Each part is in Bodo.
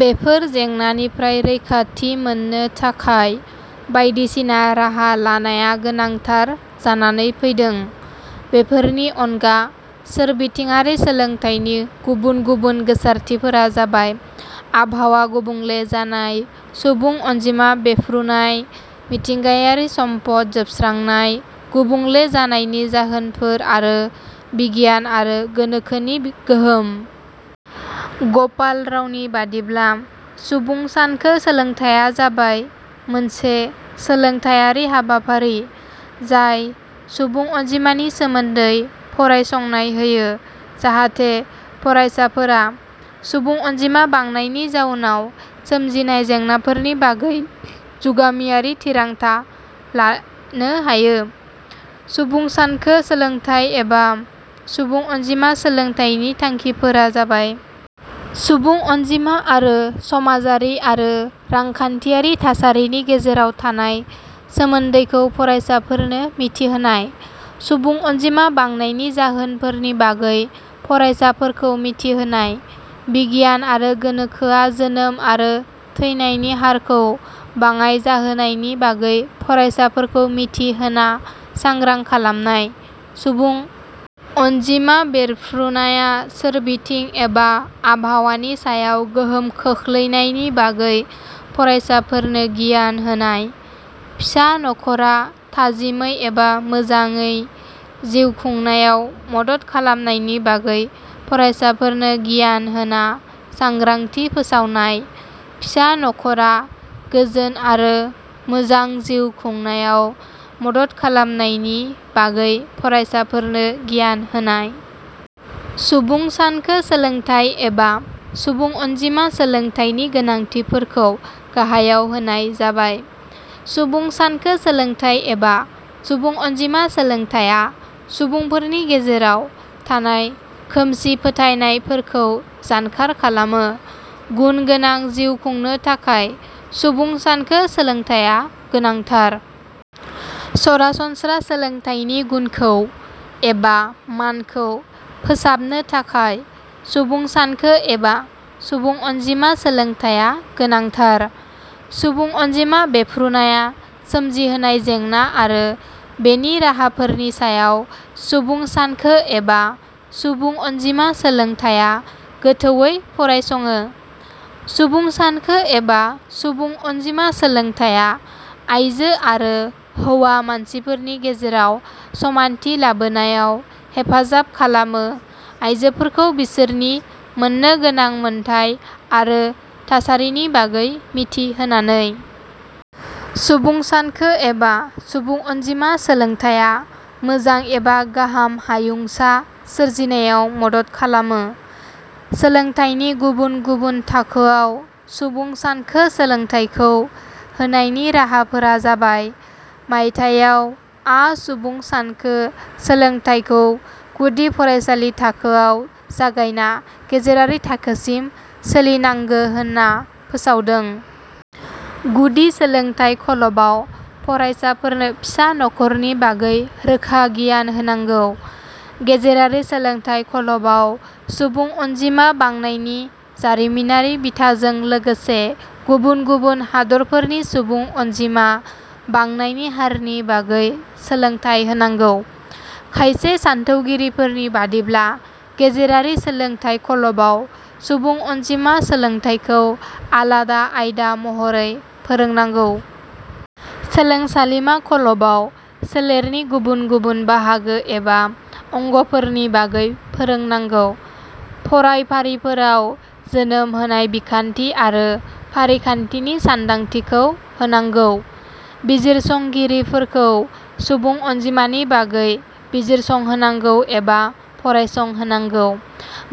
बेफोर जेंनानिफ्राय रैखाथि मोननो थाखाय बाइदिसिना राहा लानाया गोनांथार जानानै फैदों।. बेफोरनि अनगा, सोरबिथिङारि सोलोंथाइनि गुबुन गुबुन गोसारथिफोरा जाबाय, आबहावा गुबुंले जानाय, सुबुं अनजिमा बेफ्रुनाय, मिथिंगायारि सम्पद जोबस्रांनाय, गुबुंले जानायनि जाहोनफोर आरो बिगियान आरो गोनोखोनि गोहोम।: ग 'पाल रावनि बादिब्ला, "सुबुं सानखो सोलोंथाइया जाबाय मोनसे सोलोंथाइयारि हाबाफारि जाय सुबुं अनजिमानि सोमोन्दै फरायसंनाय होयो जाहाथे फरायसाफोरा सुबुं अनजिमा बांनायनि जाउनाव सोमजिनाय जेंनाफोरनि बागै जुगामियारि थिरांथा लानो हायो। सुबुं सानखो सोलोंथाइ एबा सुबुं अनजिमा सोलोंथाइनि थांखिफोरा जाबायः. सुबुं अनजिमा आरो समाजारि आरो रांखान्थियारि थासारिनि गेजेराव थानाय सोमोन्दैखौ फरायसाफोरनो मिथिहोनाय।. सुबुं अनजिमा बांनायनि जाहोनफोरनि बागै फरायसाफोरखौ मिथिहोनाय।. बिगियान आरो गोनोखोआ जोनोम आरो थैनायनि हारखौ बाङाय जाहोनायनि बागै फरायसाफोरखौ मिथि होना सांग्रां खालामनाय।.सुबुं अनजिमा बेरफ्रुनाया सोरबिथिं एबा आबहावानि सायाव गोहोम खोखलैनायनि बागै फरायसाफोरनो गियान होनाय।.फिसा नख 'रा थाजिमै एबा मोजांयै जिउ खुंनायाव मदद खालामनायनि बागै फरायसाफोरनो गियान होना सांग्रांथि फोसावनाय।.फिसा नख 'रा गोजोन आरो मोजां जिउ खुंनायाव मदद खालामनायनि बागै फरायसाफोरनो गियान होनाय।: सुबुं सानखो सोलोंथाइ एबा सुबुं अनजिमा सोलोंथाइनि गोनांथिफोरखौ गाहायाव होनाय जाबायः सुबुं सानखो सोलोंथाइ एबा सुबुं अनजिमा सोलोंथाइया सुबुंफोरनि गेजेराव थानाय खोमसि फोथायनाय फोरखौ जानखार खालामो। गुन गोनां जिउ खुंनो थाखाय सुबुं सानखो सोलोंथाइया गोनांथार। सरासनम्रा सोलोंथाइनि गुनखौ एबा मानखौ फोसाबनो थाखाय सुबुं सानखो एबा सुबुं अनजिमा सोलोंथाइया गोनांथार। सुबुं अनजिमा बेफ्रुनाया सोमजिहोनाय जेंना आरो बेनि राहाफोरनि सायाव सुबुं सानखो एबा सुबुं अनजिमा सोलोंथाइया गोथौयै फरायसङो। सुबुं सानखो एबा सुबुं अनजिमा सोलोंथाइया आइजो आरो हौवा मानसिफोरनि गेजेराव समानथि लाबोनायाव हेफाजाब खालामो आइजोफोरखौ बिसोरनि मोननो गोनां मोनथाइ आरो थासारिनि बागै मिथि होनानै। सुबुं सानखो एबा सुबुं अनजिमा सोलोंथाइया मोजां एबा गाहाम हायुंसा सोरजिनायाव मदद खालामो।: सोलोंथाइनि गुबुन गुबुन थाखोआव सुबुं सानखो सोलोंथाइखौ होनायनि राहाफोरा जाबाय:. मायथाइयाव, आ सुबुं सानखो सोलोंथाइखौ गुदि फरायसालि थाखोआव जागायना गेजेरारि थाखोसिम सोलिनांगो होनना फोसावदों।. गुदि सोलोंथाइ खल 'बाव फरायसाफोरनो फिसा नख 'रनि बागै रोखा गियान होनांगौ।. गेजेरारि सोलोंथाइ खल 'बाव सुबुं अनजिमा बांनायनि जारिमिनारि बिथाजों लोगोसे गुबुन गुबुन हादरफोरनि सुबुं अनजिमा बांनायनि हारनि बागै सोलोंथाइ होनांगौ।. खायसे सान्थौगिरिफोरनि बादिब्ला गेजेरारि सोलोंथाइ खल 'बाव सुबुं अनजिमा सोलोंथाइखौ आलादा आयदा महरै फोरोंनांगौ।. सोलोंसालिमा खल 'बाव, सोलेरनि गुबुन गुबुन बाहागो एबा अंग 'फोरनि बागै फोरोंनांगौ। फरायफारिफोराव जोनोम होनाय बिखान्थि आरो फारिखान्थिनि सान्दांथिखौ होनांगौ।. बिजिरसंगिरिफोरखौ सुबुं अनजिमानि बागै बिजिरसंहोनांगौ एबा फरायसं होनांगौ।.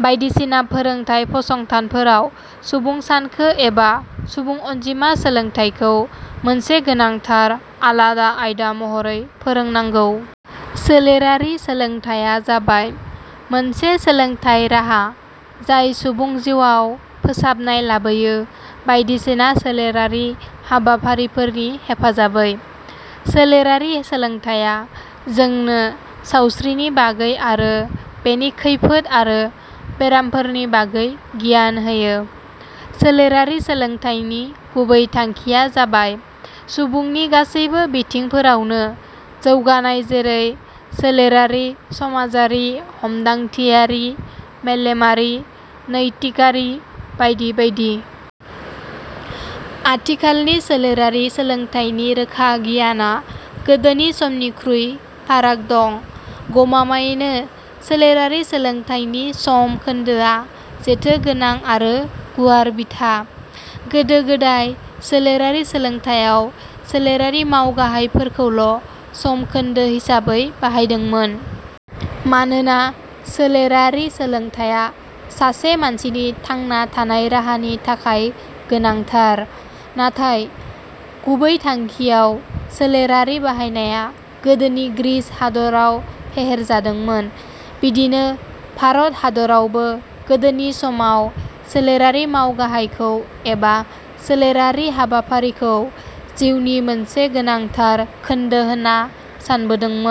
बायदिसिना फोरोंथाइ फसंथानफोराव सुबुं सानखो एबा सुबुं अनजिमा सोलोंथाइखौ मोनसे गोनांथार आलादा आयदा महरै फोरोंनांगौ।: सोलेरारि सोलोंथाइया जाबाय मोनसे सोलोंथाइ राहा जाय सुबुं जिउआव फोसाबनाय लाबोयो बायदिसिना सोलेरारि हाबाफारिफोरनि हेफाजाबै। सोलेरारि सोलोंथाइया जोंनो सावस्रिनि बागै आरो बेनि खैफोद आरो बेरामफोरनि बागै गियान होयो। सोलेरारि सोलोंथाइनि गुबै थांखिया जाबाय, सुबुंनि गासैबो बिथिंफोरावनो जौगानाय जेरै- सोलेरारि, समाजारि, हमदांथियारि, मेलेमारि, नैतिकआरि बायदि बायदि।: आथिखालनि सोलेरारि सोलोंथाइनि रोखा गियाना गोदोनि समनिख्रुइ फाराग दं। गमामायैनो "सोलेरारि सोलोंथाइ " नि सम खोन्दोआ जेथो गोनां आरो गुवार बिथा। गोदो गोदाय सोलेरारि सोलोंथाइयाव सोलेरारि मावगाहाय फोरखौल' सम खोन्दो हिसाबै बाहायदोंमोन। मानोना सोलेरारि सोलोंथाइया सासे मानसिनि थांना थानाय राहानि थाखाय गोनांथार। नाथाइ गुबै थांखियाव सोलेरारि बाहायनाया गोदोनि ग्रीच हादराव फेहेरजादोंमोन। बिदिनो भारत हादरावबो गोदोनि समाव सोलेरारि मावगाहायखौ एबा सोलेरारि हाबाफारिफोरखौ जिउनि मोनसे गोनांथार खोन्दो होनना सानबोदोंमोन।